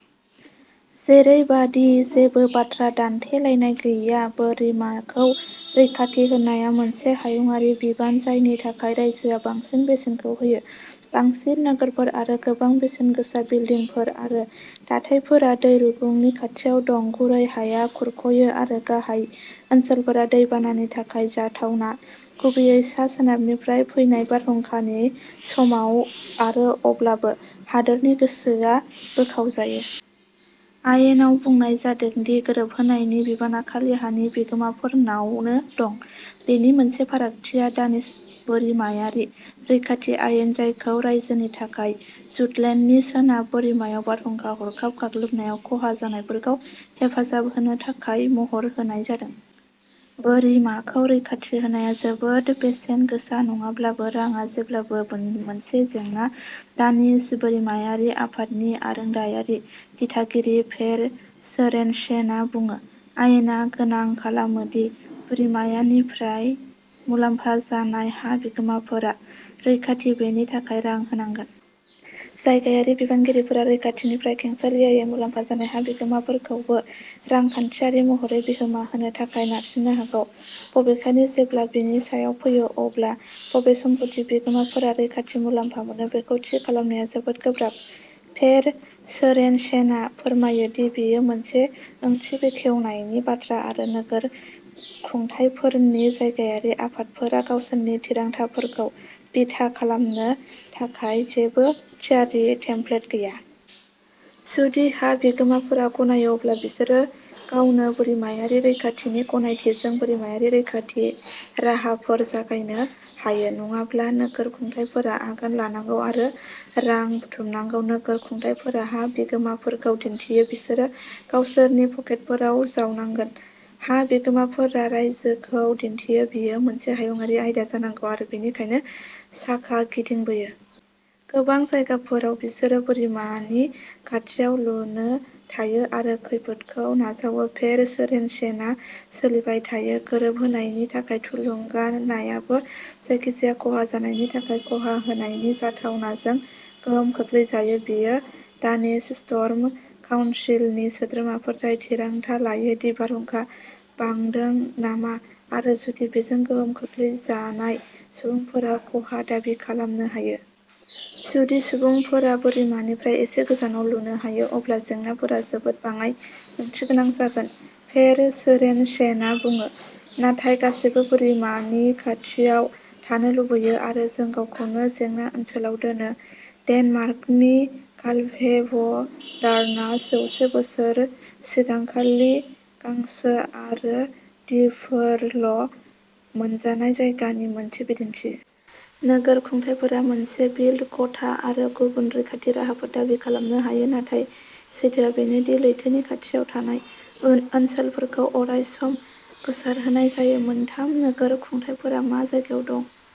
जेरैबादि जेबो बाथ्रा दानथेलायनाय गैया बोरिमाखौ रैखाथि होनाया मोनसे हायुंआरि बिबान जायनि थाखाय रायजोआ बांसिन बेसेनखौ होयो। बांसिन नोगोरफोर आरो गोबां बेसेनगोसा बिल्डिंफोर आरो दाथायफोरा दै रुगुंनि खाथियाव दं। गुरै हाया खुरख'यो आरो गाहाय ओनसोलफोरा दै बानानि थाखाय जाथावना, गुबैयै सा-सोनाबनिफ्राय फैनाय बारहुंखानि समाव आरो अब्लाबो, हादोरनि गोसोआ बोखावजायो। आयेनाव बुंनाय जादों दि गोरोबहोनायनि बिबाना खालि हानि बिगोमाफोरनावनो दं। बेनि मोनसे फारागथिया दानिश बोरिमायारि रैखाथि आयेन, जायखौ रायजोनि थाखाय जुटलेन्डनि सोनाब बोरिमायाव बारहुंखा हरखाब गाग्लोबनायाव खहा जानायफोरखौ हेफाजाब होनो थाखाय महर होनाय जादों। बोरिमाखौ रैखाथि होनाया जोबोद बेसेन गोसा नङाब्लाबो, रांआ जेब्लाबो मोनसे जेंना दानिश बोरिमायारि आफादनि आरोंदायारि दिथागिरि पेर सोरेनसेनआ बुङो। आयेना गोनां खालामो दि बोरिमायारिनिफ्राय मुलाम्फा जानाय हा बिगोमाफोरा। रैखाथिखौ बेनि थाखाय रां होनांगोन। जायगायारि बिबानगिरिफोरा रैखाथिनिफ्राय खेंसालियायै मुलाम्फा जानाय हा बिगोमाफोरखौबो रांखान्थियारि महरै बिहोमा होनो थाखाय नारसिननो हागौ। बबेखानि, जेब्ला बेनि सायाव फैयो, अब्ला बबे सम्पथि बिगोमाफोरा रैखाथि मुलाम्फा मोनो बेखौ थि खालामनाया जोबोद गोब्राब। पेर सोरेनसेनआ फोरमायो दि बेयो मोनसे ओंथि बेखेवनायनि बाथ्रा आरो नोगोर खुंथायफोरनि जायगायारि आफादफोरा गावसोरनि थिरांथाफोरखौ बिथा खालामनो थाखाय जेबो थियारि टेम्पलेट गैया। जुदि हा बिगोमाफोरा गनायो, अब्ला बिसोरो गावनो बोरिमायारि रैखाथिनि गनायथिजों बोरिमायारि रैखाथि राहाफोर जागायनो हायो। नङाब्ला, नोगोर खुंथायफोरा आगान लानांगौ आरो रां बुथुमनांगौ। नोगोर खुंथायफोरा हा बिगोमाफोरखौ दिन्थियो बिसोरो गावसोरनि पकेटफोराव जावनांगोन। हा बिगोमाफोरा रायजोखौ दिन्थियो बेयो मोनसे हायुंआरि आयदा जानांगौ आरो बेनिखायनो साखा गिदिंबोयो। गोबां जायगाफोराव बिसोरो बोरिमानि खाथियाव लुनो थायो आरो खैफोदखौ नाजावो पेर सोरेनसेनआ सोलिबाय थायो। गोरोबहोनायनि थाखाय थुलुंगानायाबो जायखिजाया खहा जानायनि थाखाय खहा होनायनि जाथावनाजों गोहोम खोख्लैजायो। बेयो दानिश स्टर्म काउनसिलनि सोद्रोमाफोर जाय थिरांथा लायो दि बारहुंखा बांदों नामा आरो जुदि बेजों गोहोम खोख्लैजानाय सुबुंफोरा खहा दाबि खालामनो हायो। जुदि सुबुंफोरा बोरिमानिफ्राय एसे गोजानाव लुनो हायो, अब्ला जेंनाफोरा जोबोद बाङाइ ओंथिगोनां जागोन, पेर सोरेनसेनआ बुङो। नाथाय गासैबो बोरिमानि खाथियाव थानो लुबैयो आरो जों गावखौनो जेंना ओनसोलाव दोनो। डेनमार्कनि कालभेब'डार्नआ जौसे बोसोर सिगां खालि गांसो आरो दिपफोरल' मोनजानाय जायगानि मोनसे बिदिन्थि। नोगोर खुंथायफोरा मोनसे बिल्ड क'टा आरो गुबुन रैखाथि राहाफोर दाबि खालामनो हायो, नाथाय सैथोआ बेनो दि लैथोनि खाथियाव थानाय ओनसोलफोरखौ अराय सम गोसारहोनाय जायो। मोनथाम नोगोर खुंथायफोरा मा जायगायाव दं।